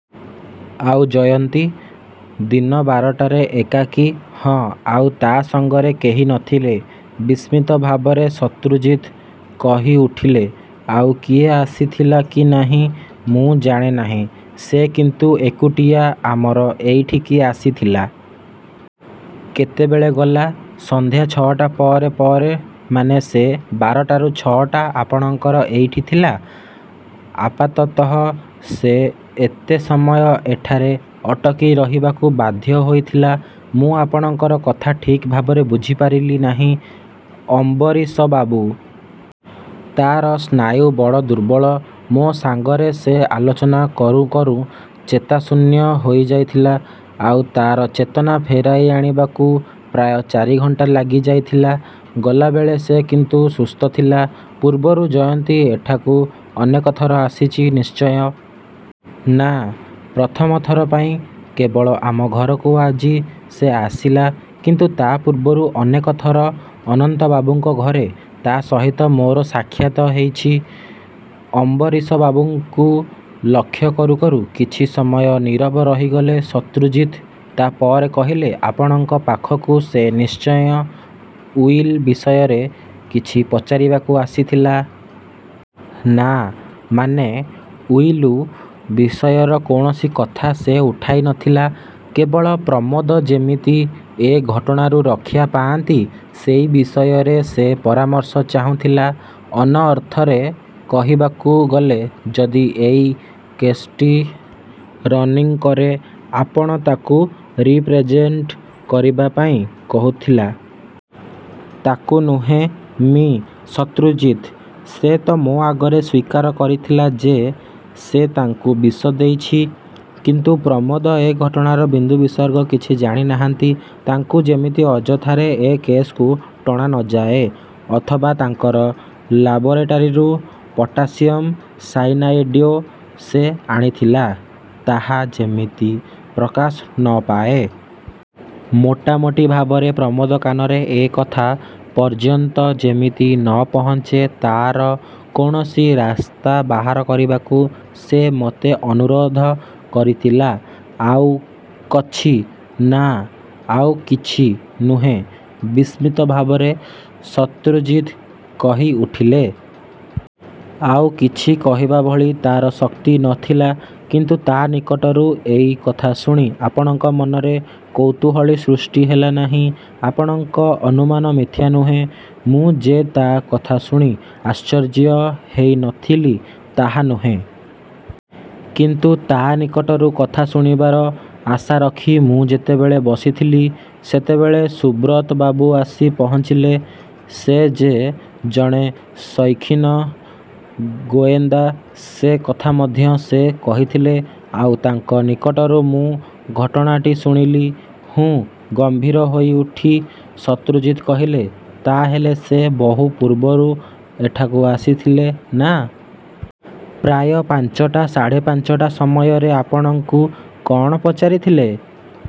' 'ଆଉ ଜୟନ୍ତୀ? ' 'ଦିନ ବାରଟାରେ' 'ଏକାକୀ.? 'ହଁ. ' 'ଆଉ ତା' ସଙ୍ଗରେ କେହି ନ ଥିଲେ? ' ବିସ୍ମିତ ଭାବରେ ଶତ୍ରୁଜିତ କହିଉଠିଲେ। 'ଆଉ କିଏ ଆସିଥିଲା କି ନାହିଁ ମୁ ଜାଣେ ନାହିଁ। ସେ କିନ୍ତୁ ଏକୁଟିଆ ଆମର ଏଇଠିକି ଆସିଥିଲା। ' 'କେତେବେଳେ ଗଲା? ' 'ସଂଧ୍ୟା ଛ'ଟା ପରେ ପରେ' 'ମାନେ, ସେ ବାରଟାରୁ ଛ'ଟା ଆପଣଙ୍କର ଏଇଠି ଥିଲା? ' 'ଆପାତତଃ ସେ ଏତେ ସମୟ ଏଠାରେ ଅଟକି ରହିବାକୁ ବାଧ୍ୟ ହୋଇଥିଲା। ' 'ମୁଁ ଆପଣଙ୍କର କଥା ଠିକ୍ ଭାବରେ ବୁଝିପାରିଲି ନାହିଁ, ଅମ୍ବରୀଶବାବୁ! ' 'ତା'ର ସ୍ନାୟୁ ବଡ଼ ଦୁର୍ବଳ। ମୋ ସଙ୍ଗରେ ସେ ଆଲୋଚନା କରୁଁ କରୁଁ ଚେତାଶୂନ୍ୟ ହେଇଯାଇଥିଲା। ଆଉ ତା'ର ଚେତନା ଫେରାଇ ଆଣିବାକୁ ପ୍ରାୟ ଚାରିଘଣ୍ଟା ଲାଗିଯାଇଥିଲା। ଗଲାବେଳେ ସେ କିନ୍ତୁ ସୁସ୍ଥ ଥିଲା। ' 'ପୂର୍ବରୁ ଜୟନ୍ତୀ ଏଠାକୁ ଅନେକଥର ଆସିଛି ନିଶ୍ଚୟ! ' 'ନା, ପ୍ରଥମ ଥର ପାଇଁ କେବଳ ଆମ ଘରକୁ ଆଜି ସେ ଆସିଲା। କିନ୍ତୁ ତା' ପୂର୍ବରୁ ଅନେକଥର ଅନନ୍ତବାବୁଙ୍କ ଘରେ ତା' ସହିତ ମୋର ସାକ୍ଷାତ ହେଇଛି। ' 'ଅମ୍ବରୀଶବାବୁଙ୍କୁ ଲକ୍ଷ୍ୟ କରୁ କରୁ କିଛି ସମୟ ନୀରବ ରହିଗଲେ ଶତ୍ରୁଜିତ। ତା'ପରେ କହିଲେ, 'ଆପଣଙ୍କ ପାଖକୁ ସେ ନିଶ୍ଚୟ ଉଇଲ୍ ବିଷୟରେ କିଛି ପଚାରିବାକୁ ଆସିଥିଲା-? ' 'ନା' 'ମାନେ.? ' 'ଉଇଲୁ ବିଷୟର କୌଣସି କଥା ସେ ଉଠାଇ ନ ଥିଲା। କେବଳ ପ୍ରମୋଦ ଯେମିତି ଏ ଘଟଣାରୁ ରକ୍ଷା ପାଆନ୍ତି, ସେଇ ବିଷୟରେ ସେ ପରାମର୍ଶ ଚାହୁଁଥିଲା। ' 'ଅନ ଅର୍ଥରେ କହିବାକୁ ଗଲେ, ଯଦି ଏଇ କେସ୍ଟି ରନିଙ୍ଗ କରେ, ଆପଣ ତାକୁ ରିପ୍ରେଜେଣ୍ଟ କରିବାପାଇଁ କହୁଥିଲା? ' ତାକୁ ନୁହେଁ, ମି: ଶତ୍ରୁଜିତ! ସେ ତ ମୋ ଆଗରେ ସ୍ୱୀକାର କରିଥିଲା ଯେ ସେ ତାଙ୍କୁ ବିଷ ଦେଇଛି। କିନ୍ତୁ ପ୍ରମୋଦ ଏ ଘଟଣାର ବିନ୍ଦୁବିସର୍ଗ କିଛି ଜାଣିନାହାନ୍ତି। ତାଙ୍କୁ ଯେମିତି ଅଯଥାରେ ଏ କେସ୍କୁ ଟଣା ନ ଯାଏ, ଅଥବା ତାଙ୍କର ଲାବୋରେଟାରୀରୁ ପଟାସିଅମ ସାଇନାଏଡ୍ଯେ ସେ ଆଣିଥିଲା, ତାହା ଯେମିତି ପ୍ରକାଶ ନ ପାଏ। ମୋଟାମୋଟି ଭାବରେ ପ୍ରମୋଦ କାନରେ ଏ କଥା ପର୍ଯ୍ୟନ୍ତ ଯେମିତି ନ ପହଞ୍ଚେ, ତା'ର କୌଣସି ରାସ୍ତା ବାହାର କରିବାକୁ ସେ ମୋତେ ଅନୁରୋଧ କରିଥିଲା। ' 'ଆଉ କଛି? ' 'ନା. ' 'ଆଉ କିଛି ନୁହେଁ? ' ବିସ୍ମିତ ଭାବରେ ଶତ୍ରୁଜିତ କହି ଉଠିଲେ। 'ଆଉ କିଛି କହିବାଭଳି ତା'ର ଶକ୍ତି ନ ଥିଲା। ' କିନ୍ତୁ ତା ନିକଟରୁ ଏଇ କଥା ଶୁଣି ଆପଣଙ୍କ ମନରେ କୌତୁହଳୀ ସୃଷ୍ଟି ହେଲା ନାହିଁ-? ' 'ଆପଣଙ୍କ ଅନୁମାନ ମିଥ୍ୟା ନୁହେଁ। ମୁଁ ଯେ ତା କଥା ଶୁଣି ଆଶ୍ଚର୍ଯ୍ୟ ହେଇ ନ ଥିଲି, ତାହା ନୁହେଁ। କିନ୍ତୁ ତା ନିକଟରୁ କଥା ଶୁଣିବାର ଆଶା ରଖି ମୁଁ ଯେତେବେଳେ ବସିଥିଲି, ସେତେବେଳେ ସୁବ୍ରତ ବାବୁ ଆସି ପହଞ୍ଚିଲେ। ସେ ଯେ ଜଣେ ସୌଖୀନ ଗୋଏନ୍ଦା ସେ କଥା ମଧ୍ୟ ସେ କହିଥିଲେ। ଆଉ ତାଙ୍କ ନିକଟରୁ ମୁଁ ଘଟଣାଟି ଶୁଣିଲି। ' 'ହୁଁ' ଗମ୍ଭୀର ହୋଇଉଠି ଶତ୍ରୁଜିତ କହିଲେ, 'ତା'ହେଲେ ସେ ବହୁ ପୂର୍ବରୁ ଏଠାକୁ ଆସିଥିଲେ, ନା? ' 'ପ୍ରାୟ ପାଞ୍ଚଟା ସାଢ଼େ ପାଞ୍ଚଟା ସମୟରେ। ' 'ଆପଣଙ୍କୁ କ'ଣ ପଚାରିଥିଲେ?